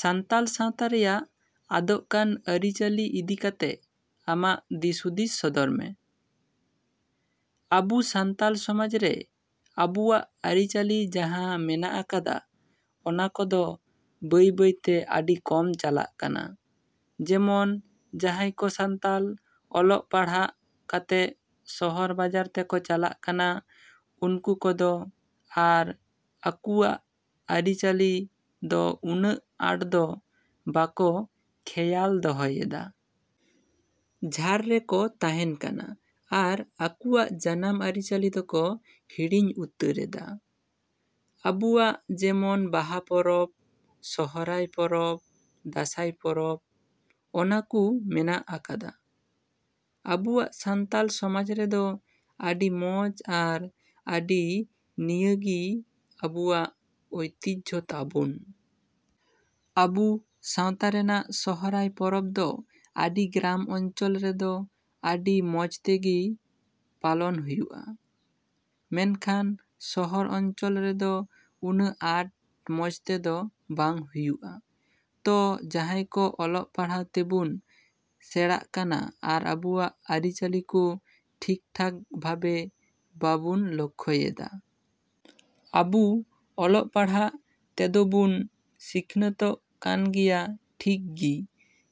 ᱥᱟᱱᱛᱟᱞ ᱥᱟᱶᱛᱟ ᱨᱮᱭᱟᱜ ᱟᱫᱚᱜ ᱠᱟᱱ ᱟᱹᱨᱤ ᱪᱟᱹᱞᱤ ᱤᱫᱤ ᱠᱟᱛᱮᱜ ᱟᱢᱟᱜ ᱫᱤᱥ ᱦᱩᱫᱤᱥ ᱥᱚᱫᱚᱨ ᱢᱮ᱾ ᱟᱵᱩ ᱥᱟᱱᱛᱟᱞ ᱥᱚᱢᱟᱡᱽ ᱨᱮ ᱟᱵᱩᱣᱟᱜ ᱟᱹᱨᱤᱪᱟᱹᱞᱤ ᱡᱟᱦᱟᱸ ᱢᱮᱱᱟᱜ ᱟᱠᱟᱫᱟ, ᱚᱱᱟᱠᱚᱫᱚ ᱵᱟᱹᱭ ᱵᱟᱹᱭ ᱛᱮ ᱟᱹᱰᱤ ᱠᱚᱢ ᱪᱟᱞᱟᱜ ᱠᱟᱱᱟ᱾ ᱡᱮᱢᱚᱱ ᱡᱟᱦᱟᱸᱭ ᱠᱚ ᱥᱟᱱᱛᱟᱞ ᱚᱞᱚᱜ ᱯᱟᱲᱦᱟᱜ ᱠᱟᱛᱮᱜ ᱥᱚᱦᱚᱨ ᱵᱟᱡᱟᱨ ᱛᱮᱠᱚ ᱪᱟᱞᱟᱜ ᱠᱟᱱᱟ, ᱩᱱᱠᱩ ᱠᱚᱫᱚ ᱟᱨ ᱟᱠᱩᱣᱟᱜ ᱟᱹᱨᱤ ᱪᱟᱹᱞᱤᱫᱚ ᱩᱱᱟᱹᱜ ᱟᱴᱫᱚ ᱵᱟᱠᱚ ᱠᱷᱮᱭᱟᱞ ᱫᱚᱦᱚᱭᱮᱫᱟ᱾ ᱡᱟᱨ ᱨᱮᱠᱚ ᱛᱟᱦᱮᱸᱱ ᱠᱟᱱᱟ ᱟᱨ ᱟᱠᱩᱣᱟᱜ ᱡᱟᱱᱟᱢ ᱟᱹᱨᱤᱪᱟᱹᱞᱤ ᱫᱚᱠᱚ ᱦᱤᱲᱤᱧ ᱩᱛᱟᱹᱨᱮᱫᱟ᱾ ᱟᱵᱩᱣᱟᱜ ᱡᱮᱢᱚᱱ ᱵᱟᱦᱟ ᱯᱚᱨᱚᱵ, ᱥᱚᱦᱚᱨᱟᱭ ᱯᱚᱨᱚᱵ, ᱫᱟᱸᱥᱟᱭ ᱯᱚᱨᱚᱵ ᱚᱱᱟᱠᱩ ᱢᱮᱱᱟᱜ ᱟᱠᱟᱫᱟ᱾ ᱟᱵᱩᱣᱟᱜ ᱥᱟᱱᱛᱟᱞ ᱥᱚᱢᱟᱡᱽ ᱨᱮᱫᱚ ᱟᱹᱰᱤ ᱢᱚᱪ ᱟᱨ ᱟᱹᱰᱤ ᱱᱤᱭᱟᱹᱜᱤ ᱟᱵᱩᱣᱟᱜ ᱳᱭᱛᱤᱡᱚ ᱛᱟᱵᱩᱱ᱾ ᱟᱵᱩ ᱥᱟᱶᱛᱟ ᱨᱮᱱᱟᱜ ᱥᱚᱦᱚᱨᱟᱭ ᱯᱚᱨᱚᱵ ᱫᱚ ᱟᱹᱰᱤ ᱜᱨᱟᱢ ᱚᱧᱪᱚᱞ ᱨᱮᱫᱚ ᱟᱹᱰᱤ ᱢᱚᱡᱽᱛᱮᱜᱤ ᱯᱟᱞᱚᱱ ᱦᱩᱭᱩᱜᱼᱟ, ᱢᱮᱱᱠᱷᱟᱱ ᱥᱚᱦᱚᱨ ᱚᱧᱪᱚᱞ ᱨᱮᱫᱚ ᱩᱱᱟᱹᱜ ᱟᱴ ᱢᱚᱡᱽᱛᱮᱫᱚ ᱵᱟᱝ ᱦᱩᱭᱩᱜᱼᱟ᱾ ᱛᱚ ᱡᱟᱦᱟᱸᱭ ᱠᱚ ᱚᱞᱚᱜ ᱯᱟᱲᱦᱟᱜ ᱛᱮᱵᱩᱱ ᱥᱮᱬᱟᱜ ᱠᱟᱱᱟ ᱟᱨ ᱟᱵᱩᱣᱟᱜ ᱟᱹᱨᱤᱪᱟᱹᱞᱤᱠᱩ ᱴᱷᱤᱠᱴᱷᱟᱠ ᱵᱷᱟᱵᱮ ᱵᱟᱵᱩᱱ ᱞᱚᱠᱷᱚᱭᱮᱫᱟ᱾ ᱟᱵᱩ ᱚᱞᱚᱜ ᱯᱟᱲᱦᱟᱜ ᱛᱮᱫᱚᱵᱩᱱ ᱥᱤᱠᱷᱱᱟᱹᱛᱚᱜ ᱠᱟᱱᱜᱮᱭᱟ ᱴᱷᱤᱠᱜᱤ,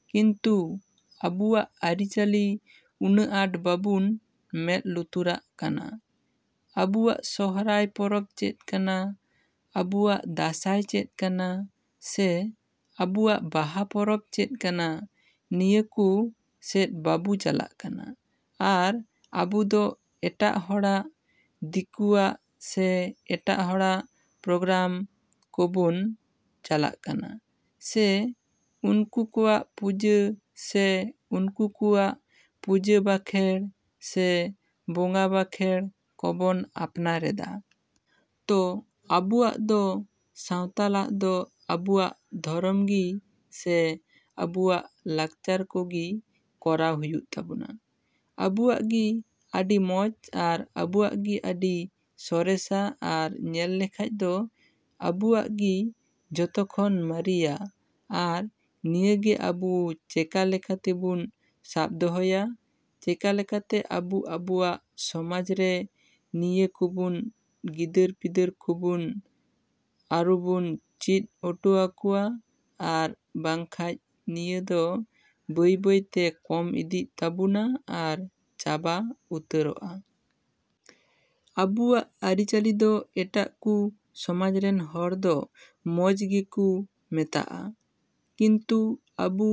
ᱠᱤᱱᱛᱩ ᱟᱵᱩᱣᱟᱜ ᱟᱹᱨᱤᱪᱟᱹᱞᱤ ᱩᱱᱟᱹᱜ ᱟᱴ ᱵᱟᱵᱩᱱ ᱢᱮᱫ ᱞᱩᱛᱩᱨᱟᱜ ᱠᱟᱱᱟ᱾ ᱟᱵᱩᱣᱟᱜ ᱥᱚᱦᱚᱨᱟᱭ ᱯᱚᱨᱚᱵ ᱪᱮᱫ ᱠᱟᱱᱟ, ᱟᱵᱩᱣᱟᱜ ᱫᱟᱸᱥᱟᱭ ᱪᱮᱫ ᱠᱟᱱᱟ ᱥᱮ ᱟᱵᱩᱣᱟᱜ ᱵᱟᱦᱟ ᱯᱚᱨᱚᱵ ᱪᱮᱫ ᱠᱟᱱᱟ, ᱱᱤᱭᱟᱹ ᱠᱩ ᱥᱮᱫ ᱵᱟᱵᱩ ᱪᱟᱞᱟᱜ ᱠᱟᱱᱟ ᱟᱨ ᱟᱵᱩᱫᱚ ᱮᱴᱟᱜ ᱦᱚᱲᱟᱜ ᱫᱤᱠᱩᱣᱟᱜ ᱥᱮ ᱮᱴᱟᱜ ᱦᱚᱲᱟᱜ ᱯᱨᱚᱜᱨᱟᱢ ᱠᱚᱵᱩᱱ ᱪᱟᱞᱟᱜ ᱠᱟᱱᱟ ᱥᱮ ᱩᱱᱠᱩ ᱠᱚᱣᱟᱜ ᱯᱩᱡᱟᱹ ᱥᱮ ᱩᱱᱠᱩ ᱠᱩᱣᱟᱜ ᱯᱩᱡᱟᱹ ᱵᱟᱸᱠᱷᱮᱲ ᱥᱮ ᱵᱚᱸᱜᱟ ᱵᱟᱠᱷᱮᱲ ᱠᱚᱵᱚᱱ ᱟᱯᱱᱟᱨᱮᱫᱟ᱾ ᱛᱚ ᱟᱵᱩᱣᱟᱜ ᱫᱚ ᱥᱟᱶᱛᱟᱞᱟᱜ ᱫᱚ ᱟᱵᱩᱣᱟᱜ ᱫᱷᱚᱨᱚᱢ ᱜᱤ ᱥᱮ ᱟᱵᱩᱣᱟᱜ ᱠᱟᱞᱪᱟᱨ ᱠᱚᱜᱤ ᱠᱚᱨᱟᱣ ᱦᱩᱭᱩᱜ ᱛᱟᱵᱩᱱᱟ᱾ ᱟᱵᱩᱣᱟᱜ ᱜᱤ ᱟᱹᱰᱤ ᱢᱚᱪ ᱟᱨ ᱟᱵᱩᱣᱟᱜ ᱜᱤ ᱟᱹᱰᱤ ᱥᱚᱨᱮᱥᱟ ᱟᱨ ᱧᱮᱞ ᱞᱮᱠᱷᱟᱡ ᱫᱚ ᱟᱵᱩᱣᱟᱜ ᱜᱤ ᱡᱚᱛᱚᱠᱷᱚᱱ ᱢᱟᱨᱤᱭᱟ ᱟᱨ ᱱᱤᱭᱟᱹᱜᱤ ᱟᱵᱩ ᱪᱮᱠᱟ ᱞᱮᱠᱟᱛᱮᱵᱩᱱ ᱥᱟᱵ ᱫᱚᱦᱚᱭᱟ, ᱪᱮᱠᱟᱞᱮᱠᱟᱛᱮ ᱟᱵᱩ ᱟᱵᱩᱣᱟᱜ ᱥᱚᱢᱟᱡᱽ ᱨᱮ ᱱᱤᱭᱟᱹ ᱠᱩᱵᱩᱱ ᱜᱤᱫᱟᱹᱨ ᱯᱤᱫᱟᱹᱨ ᱠᱩᱵᱩᱱ ᱟᱨᱚᱵᱩᱱ ᱪᱤᱫ ᱩᱴᱩᱣᱟᱠᱩᱣᱟ ᱟᱨ ᱵᱟᱝᱠᱷᱟᱡ ᱱᱤᱭᱟᱹ ᱫᱚ ᱵᱟᱹᱭᱼᱵᱟᱹᱭᱛᱮ ᱠᱚᱢ ᱤᱫᱤᱜ ᱛᱟᱵᱩᱱᱟ ᱟᱨ ᱪᱟᱵᱟ ᱩᱛᱟᱹᱨᱚᱜᱼᱟ᱾ ᱟᱵᱩᱣᱟᱜ ᱟᱹᱨᱤᱪᱟᱹᱞᱤ ᱫᱚ ᱮᱴᱟᱜ ᱠᱩ ᱥᱚᱢᱟᱡᱽ ᱨᱮᱱ ᱦᱚᱲ ᱫᱚ ᱢᱚᱪ ᱜᱮᱠᱩ ᱢᱮᱛᱟᱜᱼᱟ, ᱠᱤᱱᱛᱩ ᱟᱵᱩ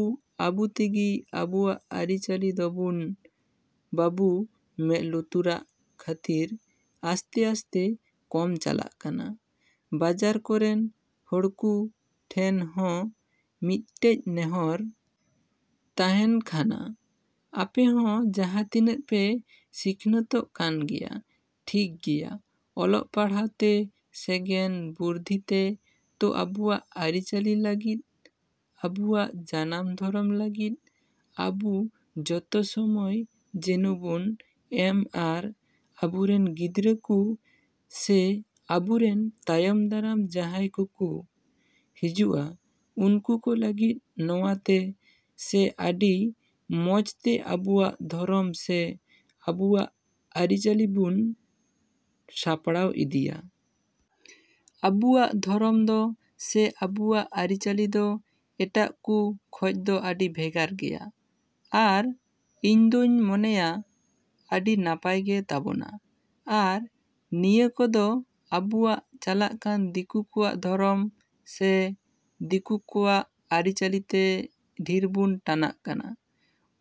ᱟᱵᱩᱛᱮᱜᱤ ᱟᱵᱩᱣᱟᱜ ᱟᱹᱨᱤ ᱪᱟᱹᱞᱤᱫᱚᱵᱩᱱ ᱵᱟᱹᱵᱩ ᱢᱮᱫ ᱞᱩᱛᱩᱨᱟᱜ ᱠᱷᱟᱹᱛᱤᱨ ᱟᱥᱛᱮᱼᱟᱥᱛᱮ ᱠᱚᱢ ᱪᱟᱞᱟᱜ ᱠᱟᱱᱟ᱾ ᱵᱟᱡᱟᱨ ᱠᱚᱨᱮᱱ ᱦᱚᱲᱠᱩ ᱴᱷᱮᱱ ᱦᱚᱸ ᱢᱤᱫᱴᱮᱡ ᱱᱮᱦᱚᱨ ᱛᱟᱦᱮᱸᱱ ᱠᱷᱟᱱᱟ, ᱟᱯᱮᱦᱚᱸ ᱡᱟᱦᱟᱸ ᱛᱤᱱᱟᱹᱜ ᱯᱮ ᱥᱤᱠᱷᱱᱟᱹᱛᱚᱜ ᱠᱟᱱᱜᱮᱭᱟ ᱴᱷᱤᱠᱜᱮᱭᱟ ᱚᱞᱚᱜ ᱯᱟᱲᱟᱦᱟᱜ ᱛᱮ ᱥᱮᱜᱮᱱ ᱵᱩᱨᱫᱷᱤᱛᱮ ᱛᱚ ᱟᱵᱩᱣᱟᱜ ᱟᱹᱨᱤᱪᱟᱹᱞᱤ ᱞᱟᱹᱜᱤᱫ, ᱟᱵᱩᱣᱟᱜ ᱡᱟᱱᱟᱢ ᱫᱷᱚᱨᱚᱢ ᱞᱟᱹᱜᱤᱫ ᱟᱵᱩ ᱡᱚᱛᱚ ᱥᱚᱢᱚᱭ ᱡᱮᱱᱚᱵᱩᱱ ᱮᱢ ᱟᱨ ᱟᱵᱩᱨᱮᱱ ᱜᱤᱫᱽᱨᱟᱹᱠᱩ ᱥᱮ ᱟᱵᱩᱨᱮᱱ ᱛᱟᱭᱚᱢ ᱫᱟᱨᱟᱢ ᱡᱟᱦᱟᱸᱭ ᱠᱩᱠᱩ ᱦᱤᱡᱩᱜᱼᱟ ᱩᱱᱠᱩ ᱠᱩ ᱞᱟᱹᱜᱤᱫ ᱱᱟᱣᱟᱛᱮ ᱥᱮ ᱟᱹᱰᱤ ᱢᱚᱡᱽᱛᱮ ᱟᱵᱩᱣᱟᱜ ᱫᱷᱚᱨᱚᱢ ᱥᱮ ᱟᱵᱩᱣᱟᱜ ᱟᱹᱨᱤᱪᱟᱹᱞᱤ ᱵᱩᱱ ᱥᱟᱯᱲᱟᱣ ᱤᱫᱤᱭᱟ᱾ ᱟᱵᱩᱣᱟᱜ ᱫᱷᱚᱨᱚᱢ ᱫᱚ ᱥᱮ ᱟᱵᱩᱣᱟᱜ ᱟᱹᱨᱤᱪᱟᱹᱞᱤᱫᱚ ᱮᱴᱟᱜ ᱠᱩ ᱠᱷᱚᱡ ᱫᱚ ᱟᱹᱰᱤ ᱵᱷᱮᱜᱟᱨ ᱜᱮᱭᱟ ᱟᱨ ᱤᱧᱫᱚᱧ ᱢᱚᱱᱮᱭᱟ ᱟᱹᱰᱤ ᱱᱟᱯᱟᱭ ᱜᱮ ᱛᱟᱵᱚᱱᱟ ᱟᱨ ᱱᱤᱭᱟᱹ ᱠᱚᱫᱚ ᱟᱵᱩᱣᱟᱜ ᱪᱟᱞᱟᱜ ᱠᱟᱱ ᱫᱤᱠᱩ ᱠᱚᱣᱟᱜ ᱫᱷᱚᱨᱚᱢ ᱥᱮ ᱫᱤᱠᱩ ᱠᱚᱣᱟᱜ ᱟᱹᱨᱤᱪᱟᱹᱞᱤᱛᱮ ᱰᱷᱤᱨᱵᱩᱱ ᱴᱟᱱᱟᱜ ᱠᱟᱱᱟ᱾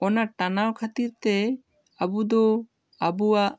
ᱚᱱᱟ ᱴᱟᱱᱟᱣ ᱠᱷᱟᱹᱛᱤᱨ ᱛᱮ ᱟᱵᱩᱫᱚ ᱟᱵᱩᱣᱟᱜ᱾